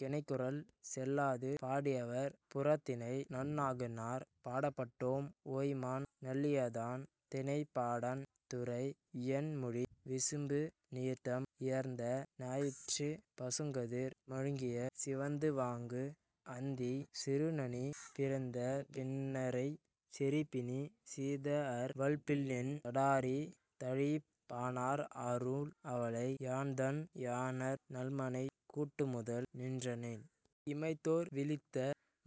கிணைக்குரல் செல்லாது! பாடியவர்: புறத்திணை நன்னாகனார். பாடப்பட்டோன்: ஓய்மான் நல்லியாதன். திணை:பாடாண். துறை: இயன்மொழி. விசும்பு நீத்தம் இறந்த ஞாயிற்றுப் பசுங்கதிர் மழுகிய சிவந்துவாங்கு அந்தி சிறுநனி பிறந்த பின்றைச், செறிபிணிச் சிதாஅர் வள்பின்என் தடாரி தழீஇப், பாணர் ஆரும் அளவை, யான்தன் யாணர் நல்மனைக் கூட்டு முதல் நின்றனென்! இமைத்தோர் விழித்த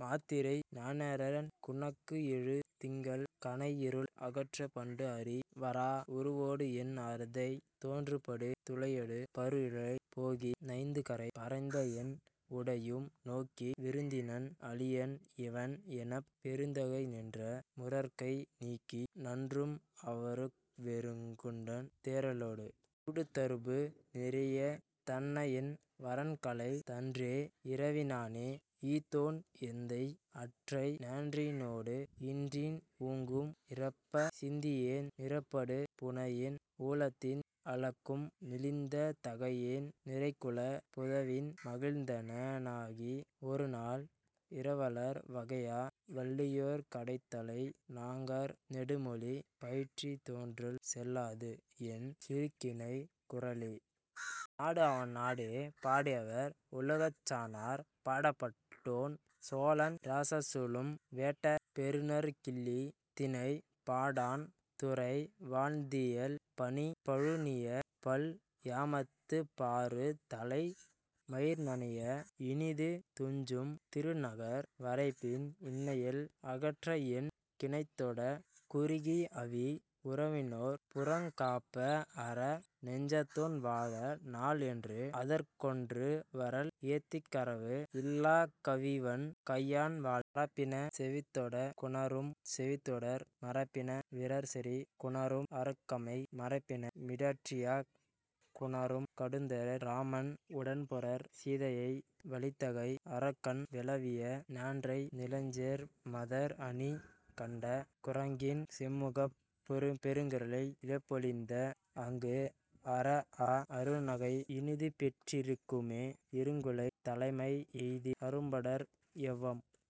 மாத்திரை, ஞெரேரெனக், குணக்கு எழு திங்கள் கனைஇருள் அகற்றப், பண்டுஅறி வாரா உருவோடு, என் அரைத் தொன்றுபடு துளையடு பருஇழை போகி, நைந்துகரை பறைந்தஎன் உடையும் நோக்கி, 'விருந்தினன் அளியன், இவன்' எனப், பெருந்தகை நின்ற முரற்கை நீக்கி, நன்றும் அரவுவெகுண் டன்ன தேறலொடு. சூடுதருபு, நிரயத் தன்னஎன் வறன்களைந் தன்றே, இரவி னானே, ஈத்தோன் எந்தை; அற்றை ஞான்றினோடு இன்றின் ஊங்கும், இரப்பச் சிந்தியேன், நிரப்படு புணையின்; உளத்தின் அளக்கும் மிளிர்ந்த தகையேன்; நிறைக்குளப் புதவின் மகிழ்ந்தனெ னாகி, ஒருநாள், இரவலர் வரையா வள்ளியோர் கடைத்தலை, ஞாங்கர் நெடுமொழி பயிற்றித், தோன்றல் செல்லாது, என் சிறுகிணைக் குரலே.. நாடு அவன் நாடே! பாடியவர்: உலோச்சனார். பாடப்பட்டோன்: சோழன் இராசசூயம் வேட்ட பெருநற் கிள்ளி. திணை: பாடாண். துறை: வாழ்த்தியல். பனி பழுநிய பல் யாமத்துப் பாறு தலை மயிர் நனைய, இனிது துஞ்சும் திருநகர் வரைப்பின், இனையல் அகற்ற என் கிணைதொடாக் குறுகி, 'அவி உணவினோர் புறங் காப்ப, அற, நெஞ்சத்தோன் வாழ, நாள்' என்று, அதற் கொண்டு வரல் ஏத்திக் கரவு "இல்லாக் கவிவண் கையான், வாழ்க! மரபின செவித்தொடக் குநரும், செவித்தொடர் மரபின விரற்செறிக் குநரும், அரைக்கமை மரபின மிடற்றியாக் குநரும், கடுந்தெறல் இராமன் உடன்புணர் சீதையை வலித்தகை அரக்கன் வெளவிய ஞான்றை, நிலஞ்சேர் மதர் அணி கண்ட குரங்கின் செம்முகப் பெருங்கிளை இழைப்பொலிந் தா அங்கு, அறாஅ அருநகை இனிதுபெற் றிகுமே, இருங்குளைத் தலைமை எய்தி, அரும்படர் எவ்வம்